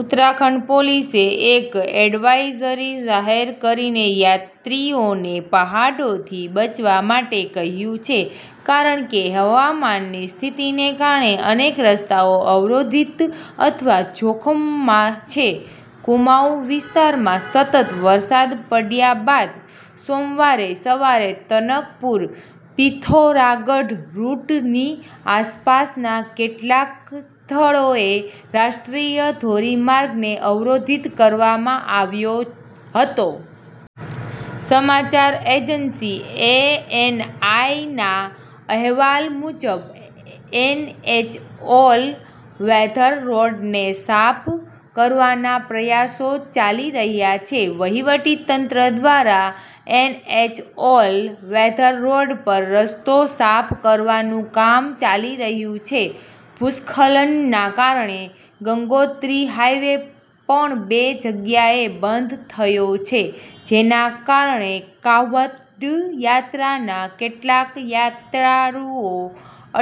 ઉત્તરાખંડ પોલીસે એક એડવાઇઝરી જાહેર કરીને યાત્રીઓને પહાડોથી બચવા માટે કહ્યું છે કારણ કે હવામાનની સ્થિતિને કારણે અનેક રસ્તાઓ અવરોધિત અથવા જોખમમાં છે. કુમાઉં વિસ્તારમાં સતત વરસાદ પડ્યા બાદ સોમવારે સવારે તનકપુર-પિથોરાગઢ રૂટની આસપાસના કેટલાક સ્થળોએ રાષ્ટ્રીય ધોરીમાર્ગ ને અવરોધિત કરવામાં આવ્યો હતો. સમાચાર એજન્સી એએનઆઈના અહેવાલ મુજબ એનએચ ઓલ વેધર રોડને સાફ કરવાના પ્રયાસો ચાલી રહ્યા છે. વહીવટીતંત્ર દ્વારા એનએચ ઓલ વેધર રોડ પર રસ્તો સાફ કરવાનું કામ ચાલી રહ્યું છે. ભૂસ્ખલનના કારણે ગંગોત્રી હાઇવે પણ બે જગ્યાએ બંધ થયો છે, જેના કારણે કાંવડ યાત્રાના કેટલાક યાત્રાળુઓ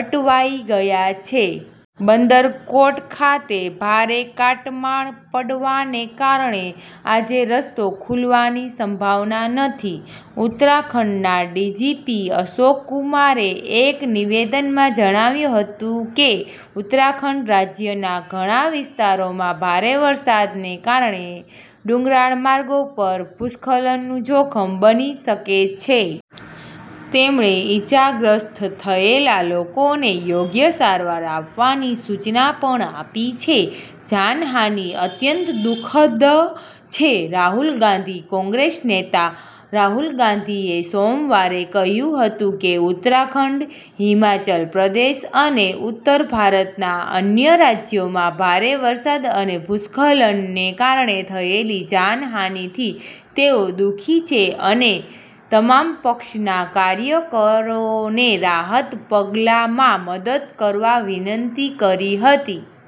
અટવાઈ ગયા છે. બંદરકોટ ખાતે ભારે કાટમાળ પડવાને કારણે આજે રસ્તો ખુલવાની સંભાવના નથી. ઉત્તરાખંડના ડીજીપી અશોક કુમારે એક નિવેદનમાં જણાવ્યું હતું કે ઉત્તરાખંડ રાજ્યના ઘણા વિસ્તારોમાં ભારે વરસાદને કારણે, ડુંગરાળ માર્ગો પર ભૂસ્ખલનનું જોખમ બની શકે છે. તેમણે ઇજાગ્રસ્ત થયેલા લોકોને યોગ્ય સારવાર આપવાની સૂચના પણ આપી છે. જાનહાનિ અત્યંત દુ:ખદ છે: રાહુલ ગાંધી કોંગ્રેસ નેતા રાહુલ ગાંધીએ સોમવારે કહ્યું હતું કે ઉત્તરાખંડ, હિમાચલ પ્રદેશ અને ઉત્તર ભારતના અન્ય રાજ્યોમાં ભારે વરસાદ અને ભૂસ્ખલનને કારણે થયેલી જાનહાનિથી તેઓ દુ:ખી છે અને તમામ પક્ષના કાર્યકરોને રાહત પગલાંમાં મદદ કરવા વિનંતી કરી હતી.